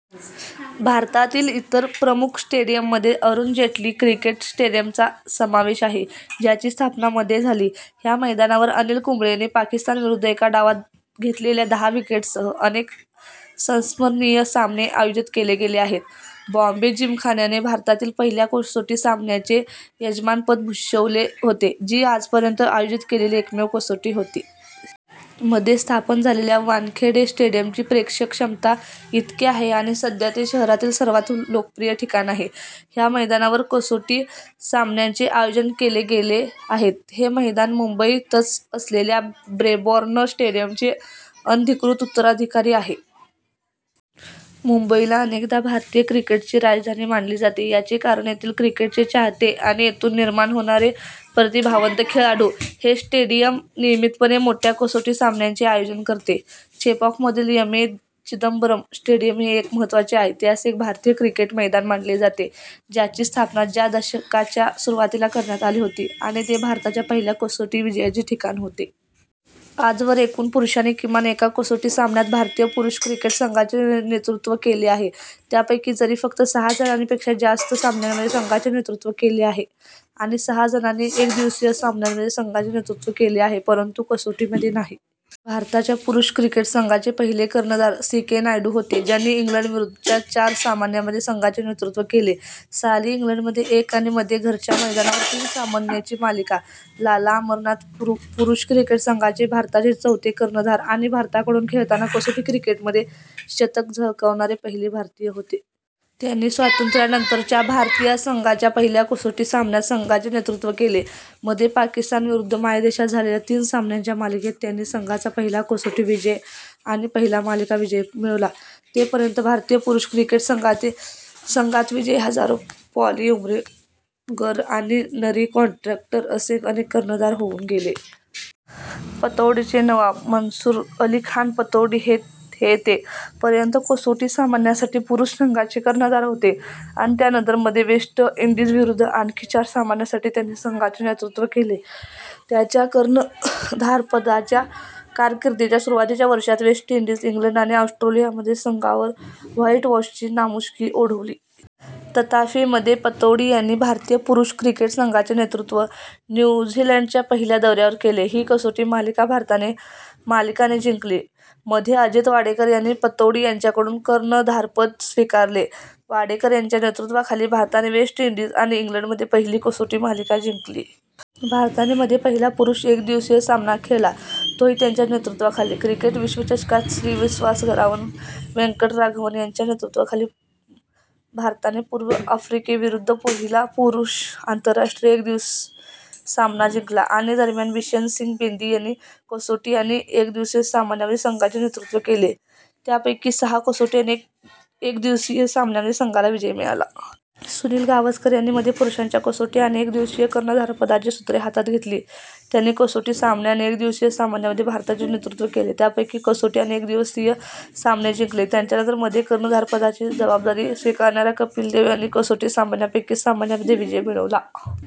भारतातील इतर प्रमुख स्टेडियममध्ये अरुण जेटली क्रिकेट स्टेडियमचा समावेश आहे, ज्याची स्थापना मध्ये झाली. ह्या मैदानांवर अनिल कुंबळेने पाकिस्तानविरुद्ध एका डावात घेतलेल्या दहा विकेट्ससह अनेक संस्मरणीय सामने आयोजित केले गेले आहेत. बॉम्बे जिमखान्याने भारतातील पहिल्या कसोटी सामन्याचे यजमानपद भूषवले होते, जी आजपर्यंत आयोजित केलेली एकमेव कसोटी होती. मध्ये स्थापन झालेल्या वानखेडे स्टेडियमची प्रेक्षक क्षमता इतकी आहे आणि सध्या ते शहरातील सर्वात लोकप्रिय ठिकाण आहे. ह्या मैदानावर कसोटी सामन्यांचे आयोजन केले गेले आहेत. हे मैदान मुंबई तच असलेल्या ब्रेबॉर्न स्टेडियमचे अनधिकृत उत्तराधिकारी आहे. मुंबईला अनेकदा भारतीय क्रिकेटची राजधानी मानली जाते याचे कारण येथील क्रिकेटचे चाहते आणि येथून निर्माण होणारे प्रतिभावंत खेळाडू. हे स्टेडियम नियमितपणे मोठ्या कसोटी सामन्यांचे आयोजन करते. चेपॉकमधील एम. ए. चिदंबरम स्टेडियम हे एक महत्त्वाचे ऐतिहासिक भारतीय क्रिकेट मैदान मानले जाते, ज्याची स्थापना च्या दशकाच्या सुरुवातीला करण्यात आली होती आणि ते भारताच्या पहिल्या कसोटी विजयाचे ठिकाण होते.। आजवर एकूण पुरुषांनी किमान एका कसोटी सामन्यात भारतीय पुरुष क्रिकेट संघाचे नेतृत्व केले आहे. त्यापैकी जरी फक्त सहा जणांनी पेक्षा जास्त सामन्यांमध्ये संघाचे नेतृत्व केले आहे आणि सहा जणांनी एकदिवसीय सामन्यांमध्ये संघाचे नेतृत्व केले आहे परंतु कसोटीमध्ये नाही. भारताच्या पुरुष क्रिकेट संघाचे पहिले कर्णधार सी. के. नायडू होते, ज्यांनी इंग्लंडविरुद्धच्या चार सामन्यांमध्ये संघाचे नेतृत्व केले; साली इंग्लंडमध्ये एक आणि - मध्ये घरच्या मैदानावर तीन सामन्यांची मालिका. लाला अमरनाथ, पुरुष क्रिकेट संघाचे भारताचे चौथे कर्णधार आणि भारताकडून खेळताना कसोटी क्रिकेटमध्ये शतक झळकावणारे पहिले भारतीय होते. त्यांनी स्वतंत्र्यानंतरच्या भारतीय संघाच्या पहिल्या कसोटी सामन्यात संघाचे नेतृत्व केले. - मध्ये पाकिस्तान विरुद्ध मायदेशात झालेल्या तीन सामन्यांच्या मालिकेत त्यांनी संघाचा पहिला कसोटी विजय आणि पहिला मालिका विजय मिळवला. ते - पर्यंत, भारतीय पुरुष क्रिकेट संघात विजय हजारे, पॉली उम्रीगर आणि नरी कॉन्ट्रॅक्टर असे अनेक कर्णधार होऊन गेले. पतौडीचे नवाब, मन्सूर अली खान पतौडी हे - ते - पर्यंत कसोटी सामन्यांसाठी पुरुष संघाचे कर्णधार होते आणि त्यानंतर - मध्ये वेस्ट इंडीजविरुद्ध आणखी चार सामन्यांसाठी त्यांनी संघाचे नेतृत्व केले. त्याच्या कर्णधारपदाच्या कारकिर्दीच्या सुरुवातीच्या वर्षांत, वेस्ट इंडीज, इंग्लंड आणि ऑस्ट्रेलियामध्ये संघावर व्हाईटवॉशची नामुष्की ओढवली. तथापि, - मध्ये, पतौडी यांनी भारतीय पुरुष क्रिकेट संघाचे नेतृत्व न्यू झीलंडच्या पहिल्या दौऱ्यावर केले. ही कसोटी मालिका भारताने मालिका - ने जिंकली. - मध्ये अजित वाडेकर यांनी पतौडी यांच्याकडून कर्णधारपद स्वीकारले. वाडेकर यांच्या नेतृत्वाखाली भारताने वेस्ट इंडीज आणि इंग्लंडमध्ये पहिली कसोटी मालिका जिंकली. भारताने मध्ये पहिला पुरुष एकदिवसीय सामना खेळला, तोही त्यांच्या नेतृत्वाखाली. क्रिकेट विश्वचषकात श्रीनिवासराघवन वेंकटराघवन यांच्या नेतृत्वाखाली भारताने पूर्व आफ्रिकेविरुद्ध पहिला पुरुष आंतरराष्ट्रीय एकदिवसीय सामना जिंकला. - आणि - दरम्यान, बिशन सिंग बेदी यांनी कसोटी आणि एकदिवसीय सामन्यांमध्ये संघाचे नेतृत्व केले, त्यापैकी सहा कसोटी आणि एक एकदिवसीय सामन्यामध्ये संघाला विजय मिळाला. सुनील गावस्कर यांनी - मध्ये पुरुषांच्या कसोटी आणि एकदिवसीय कर्णधारपदाची सूत्रे हातात घेतली. त्यांनी कसोटी सामने आणि एकदिवसीय सामन्यांमध्ये भारताचे नेतृत्व केले, त्यापैकी कसोटी आणि एकदिवसीय सामने जिंकले. त्यांच्यानंतर मध्ये कर्णधारपदाची जबाबदारी स्वीकारणाऱ्या कपिल देव यांनी कसोटी सामन्यांपैकी सामन्यांमध्ये विजय मिळवला.